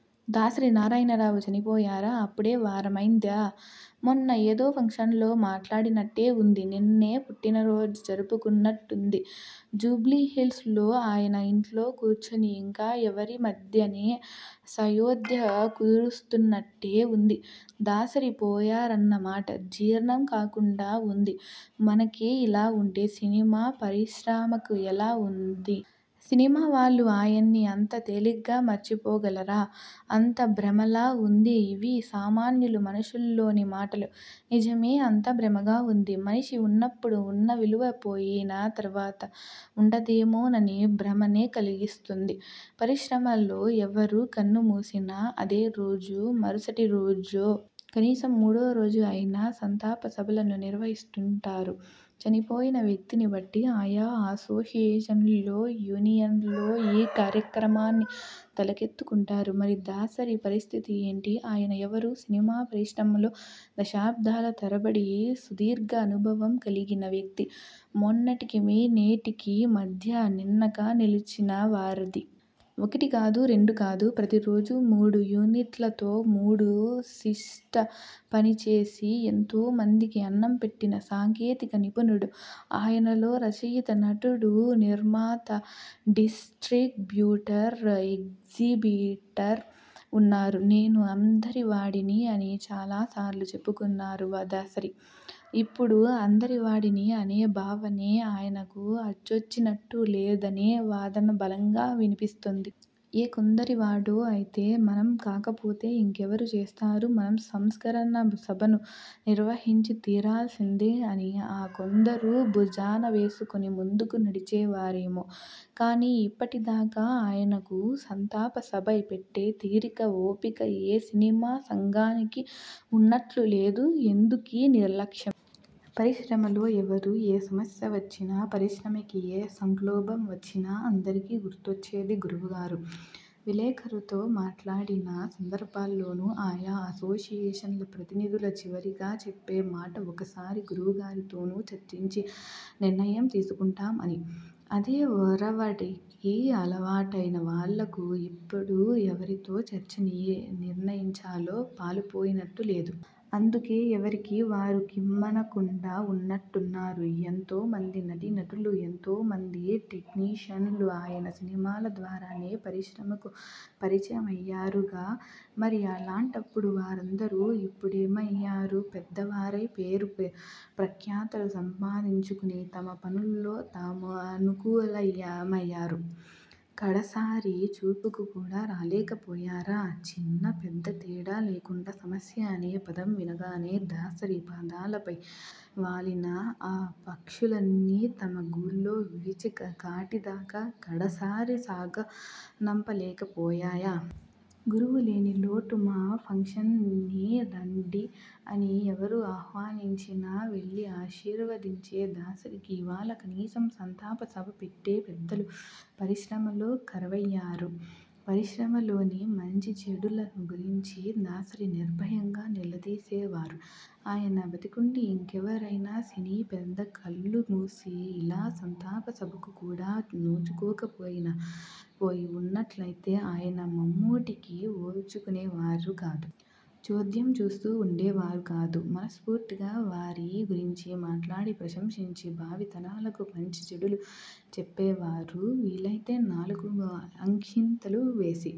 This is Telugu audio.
దాసరి నారాయణరావు చనిపోయారా? అప్పుడే వారమైందా? మొన్న ఏదో ఫంక్షన్ లో మాట్లాడినట్టే ఉంది. నిన్ననే పుట్టినరోజు జరుపుకున్నట్టుంది. జూబ్లీహిల్స్ లో ఆయన ఇంట్లో కూర్చుని ఇంకా ఎవరి మధ్యనే సయోధ్య కుదురుస్తున్నట్టే ఉంది. దాసరి పోయారన్నమాట జీర్ణం కాకుండా ఉంది మనకే ఇలా ఉంటే సినిమా పరిశ్రమకు ఎలా ఉంది? సినిమా వాళ్లు ఆయన్ని అంత తేలిగ్గా మర్చిపోగలరా అంతా భ్రమలా ఉంది ఇవి సామాన్యులు మనసుల్లోని మాటలు. నిజమే.. అంతా భ్రమగా ఉంది. మనిషి ఉన్నప్పుడు ఉన్న విలువ పోయిన తర్వాత ఉండదేమోనని భ్రమనే కలిగిస్తుంది. పరిశ్రమలో ఎవరు కన్నుమూసినా అదే రోజు, మరుసటి రోజో.. కనీసం మూడో రోజో అయినా సంతాప సభలను నిర్వహిస్తుంటారు. చనిపోయిన వ్యక్తిని బట్టి ఆయా అసోసియేషన్లో, యూనియన్లో ఈ కార్యక్రమాన్ని తలకెత్తుకుంటారు. మరి దాసరి పరిస్థితి ఏంటి? ఆయన ఎవరు? సినిమా పరిశ్రమలో దశాబ్దాల తరబడి సుదీర్ఘ అనుభవం కలిగిన వ్యక్తి. మొన్నటికి, నేటికీ మధ్య నిన్నగా నిలిచిన వారధి. ఒకటి కాదు, రెండు కాదు.. ప్రతి రోజూ మూడు యూనిట్లతో మూడు శిష్ట పనిచేసి ఎంతో మందికి అన్నం పెట్టిన సాంకేతిక నిపుణుడు. ఆయనలో రచయిత.. నటుడు.. నిర్మాత, డిస్ర్టిబ్యూటర్, ఎగ్జిబిటర్ ఉన్నారు. 'నేను అందరివాడిని' అని చాలా సార్లు చెప్పుకున్నారు దాసరి. ఇప్పుడు అందరివాడిని అనే భావనే ఆయనకు అచ్చొచ్చినట్టు లేదనే వాదన బలంగా వినిపిస్తోంది. ఏ కొందరివాడో అయితే 'మనం కాకపోతే ఇంకెవరు చేస్తారు.. మనం సంస్మరణ సభను నిర్వహించి తీరాల్సిందే' అని ఆ కొందరూ భుజాన వేసుకుని ముందుకు నడిచేవారేమో కానీ ఇప్పటిదాకా ఆయనకు సంతాప సభ పెట్టే తీరిక, ఓపిక ఏ సినిమా సంఘానికి ఉన్నట్లు లేదు. ఎందుకీ నిర్లక్ష్యం? పరిశ్రమలో ఎవరు ఏ సమస్య వచ్చినా, పరిశ్రమకి ఏ సక్లోభం వచ్చినా అందరికీ గుర్తొచ్చేది 'గురువుగారు'. విలేకరులతో మాట్లాడిన సందర్భాల్లోనూ ఆయా అసోసియేషన్ల ప్రతినిధులు చివరిగా చెప్పే మాట.. 'ఒకసారి గురువుగారితోనూ చర్చించి, నిర్ణయం తీసుకుంటాం' అని. అదే ఒరవడికి అలవాటైన వాళ్లకు ఇప్పుడు ఎవరితో చర్చించి నిర్ణయించాలో పాలుపోయినట్టు లేదు. అందుకే ఎవరికి వారు కిమ్మనకుండా ఉన్నట్టున్నారు. ఎంతో మంది నటీనటులు, ఎంతో మంది టెక్నీషియన్లు ఆయన సినిమాల ద్వారానే పరిశ్రమకు పరిచయమయ్యారుగా.. మరి అలాంటప్పుడు వారందరూ ఇప్పుడేమయ్యారు. పెద్దవారై, పేరు ప్రఖ్యాతలు సంపాదించుకునే తమ పనుల్లో తమునకలయ్యారు? కడసారి చూపుకు కూడా రాలేకపోయారా?.. చిన్నా, పెద్ద తేడా లేకుండా 'సమస్య' అనే పదం వినగానే దాసరి పాదాలపై వాలిన ఆ పక్షులన్నీ తమ గూళ్లు విడిచి కాటిదాకా కడసారి సాగనంపలేకపోయాయా? 'గురువు' లేని లోటు'మా ఫంక్షన్ నీ రండి' అని ఎవరు ఆహ్వానించినా వెళ్లి ఆశీర్వదించే దాసరికి ఇవాళ కనీసం సంతాప సభ పెట్టే పెద్దలు పరిశ్రమలో కరవయ్యారు. పరిశ్రమలోని మంచీచెడుల గురించి దాసరి నిర్భయంగా నిలదిసేవారు. ఆయన బతికుండీ ఇంకెవరైనా సినీ పెద్ద కళ్లుమూసి ఇలా సంతాపసభకు కూడా నోచుకోకపోయి ఉన్నట్లయితే ఆయన ముమ్మాటికీ ఓర్చుకునేవారు కాదు.. చోద్యం చూస్తూ ఉండేవారు కాదు. మనస్ఫూర్తిగా వారి గురించి మాట్లాడి, ప్రశంసించి.. భావి తరాలకు మంచీ చెడులు చెప్పేవారు. వీలైతే నాలుగు అక్షింతలు వేసి